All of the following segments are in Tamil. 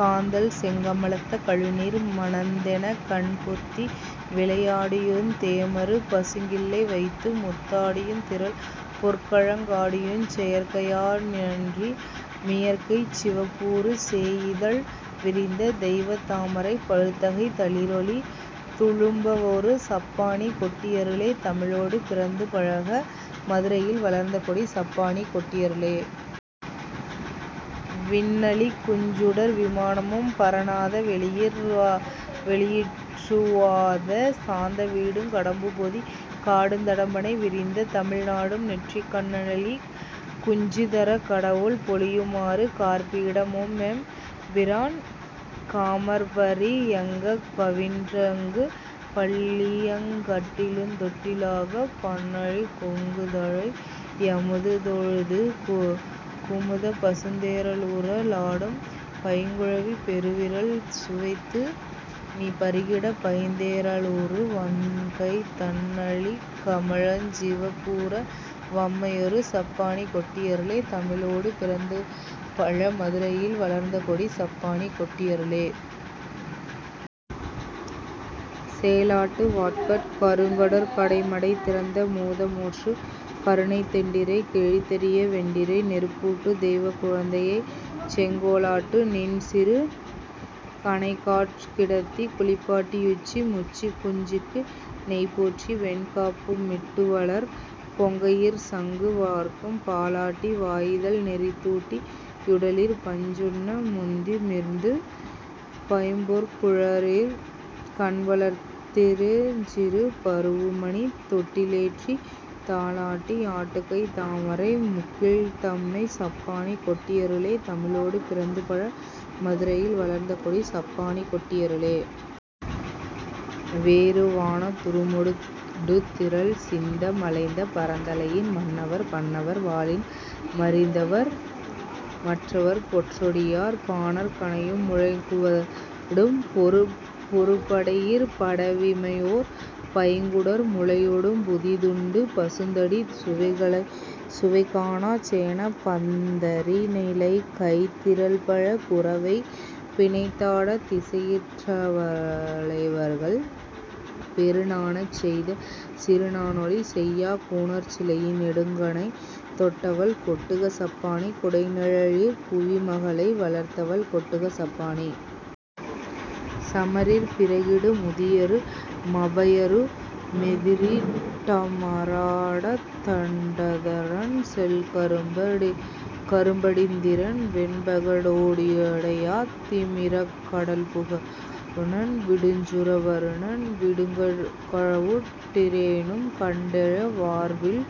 காந்தள்செங் கமலத்த கழுநீர் மணந்தெனக் கண்பொத்தி விளையா டியுந் தேமரு பசுங்கிள்ளை வைத்துமுத் தாடியுந் திரள்பொற் கழங் காடியுஞ் செயற்கையா னன்றியு மியற்கைச் சிவப்பூறு சேயிதழ் விரிந்த தெய்வத் தாமரை பழுத்தகைத் தளிரொளி துளும்பவொரு சப்பாணி கொட்டி யருளே தமிழொடு பிறந்துபழ மதுரையில் வளர்ந்தகொடி சப்பாணி கொட்டியருளே. விண்ணளிக் குஞ்சுடர் விமானமும் பரநாத வெளியிற் றுவாத சாந்த வீடுங் கடம்புபொதி காடுந் தடம்பணை விரிந்த தமிழ் நாடும் நெற்றிக் கண்ணளிக் குஞ்சுந் தரக்கடவுள் பொலியுமாறு காற்பீட முமெம் பிரான் காமர்பரி யங்கக் கவின்றங்கு பள்ளியங் கட்டிலுந் தொட்டிலாகப் பண்ணளிக் குங்குதலை யமுதொழுகு குமுதப் பசுந்தேற லூற லாடும் பைங்குழவி பெருவிரல் சுவைத்து நீ பருகிடப் பைந்தேறலூறு வண்கைத் தண்ணளிக் கமலஞ் சிவப்பூற வம்மையொரு சப்பாணி கொட்டி யருளே தமிழொடு பிறந்துபழ மதுரையில் வளர்ந்தகொடி சப்பாணி கொட்டி யருளே. சேலாட்டு வாட்கட் கருங்கடற் கடைமடை திறந்தமுத மூற்று கருணைத் தெண்டிரை கொழித்தெறிய வெண்டிரை நெருப்பூட்டு தெய்வக் குழந்தை யைச்செங் கோலாட்டு நின்சிறு கணைக்காற் கிடத்திக் குளிப்பாட்டி யுச்சி முச்சிக் குஞ்சிக்கு நெய்போற்றி வெண்காப்பு மிட்டுவளர் கொங்கையிற் சங்கு வார்க்கும் பாலாட்டி வாயிதழ் நெரித்தூட்டி யுடலிற் பசுஞ்சுண்ண முந்தி மிர்ந்து பைம்பொற் குறங்கினிற் கண்வளர்த் திச்சிறு பரூஉமணித் தொட்டிலேற்றித் தாலாட்டி யாட்டுகைத் தாமரை முகிழ்த்தம்மை சப்பாணி கொட்டி யருளே தமிழொடு பிறந்துபழ மதுரையில் வளர்ந்தகொடி சப்பாணி கொட்டியருளே. வேறு வானத் துருமொ டுடுத்திரள் சிந்த மலைந்த பறந்தலையின் மண்ணவர் பண்ணவர் வாளின் மறிந்தவர் மற்றவர் பொற்றொடியார் பானற் கணையு முலைக்குவ டும்பொரு படையிற் படவிமையோர் பைங்குடர் மூளையொ டும்புதி துண்டு பசுந்தடி சுவைகாணாச் சேனப் பந்தரி னலைகைத் திரள்பல குரவை பிணைத்தாடத் திசையிற் றலைவர்கள் பெருநா ணெய்தச் சிறுநா ணொலிசெய்யாக் கூனற் சிலையி னெடுங்கணை தொட்டவள் கொட்டுக சப்பாணி குடைநிழ லிற்புவி மகளை வளர்த்தவள் கொட்டுக சப்பாணி. சமரிற் பிறகிடு முதியரு மபயரு மெதிரிட் டமராடத் தண்டதரன்செல் கரும்ப டிந்திரன் வெண்பக டோ டுடையாத் திமிரக் கடல்புக வருணன் விடுஞ்சுற வருணன் விடுங்கடவுட் டேரினுகண்டெழ வார்வில்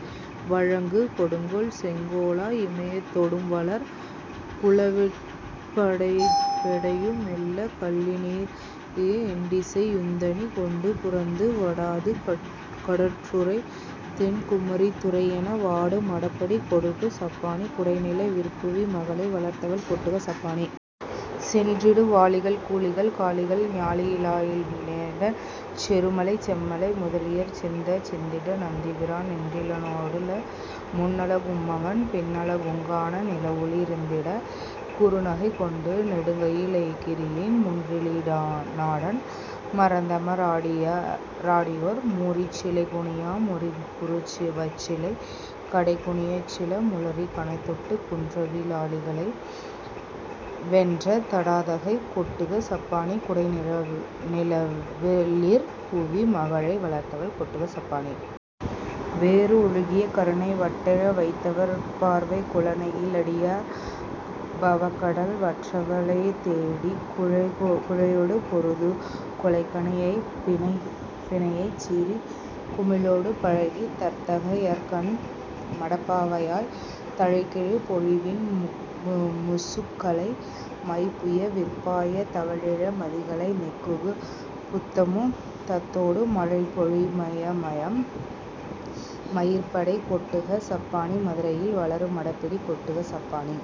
வழங்கு கொடுங்கோல் செங்கோலா இமயத்தொடும்வளர் குலவெற் பெட்டையு மெல்லைக் கல்லினிறீஇ எண்டிசை யுந்தனி கொண்டு புரந்து வடாது கடற்றுறை தென் குமரித் துறையென வாடு மடப்படி கொட்டுக சப்பாணி குடைநிழ விற்புவி மகளை வளர்த்தவள் கொட்டுக சப்பாணி. சென்றிடு வாளிகள் கூளிகள் காளிகள் ஞாளியி லாளியெனச் செருமலை செம்மலை முதலியர் சிந்தச் சிந்திட நந்திபிரான் நின்றில னோடலு முன்னழ கும்மவன் பின்னழ குங்காணா நிலவுவி ரிந்திடு குறுநகை கொண்டு நெடுங்கயி லைக்கிரியின் முன்றிலி னாடன் மறந்தம ராடியொர் மூரிச் சிலைகுனியா முரிபுரு வச்சிலை கடைகுனியச்சில முளரிக் கணைதொட்டுக் குன்றவி லாளியை வென்ற தடாதகை கொட்டுக சப்பாணி குடைநிழ லிற்புவி மகளை வளர்த்தவள் கொட்டுக சப்பாணி. வேறு ஒழுகிய கருணையு வட்டெழ வைத்தவ ருட்பார்வைக் குளநெகி ழடியர்ப வக்கடல் வற்றவ லைத்தோடிக் குழையொடு பொருதுகொ லைக்கணை யைப்பிணை யைச்சீறிக் குமிழொடு பழகிம தர்த்தக யற்கண்ம டப்பாவாய் தழைகெழு பொழிலின்மு சுக்கலை மைப்புய விற்பாயத் தவழிள மதிகலை நெக்குகு புத்தமு தத்தோடே மழைபொழி யிமயம யிற்பெடை கொட்டுக சப்பாணி மதுரையில் வளரு மடப்பிடி கொட்டுக சப்பாணி.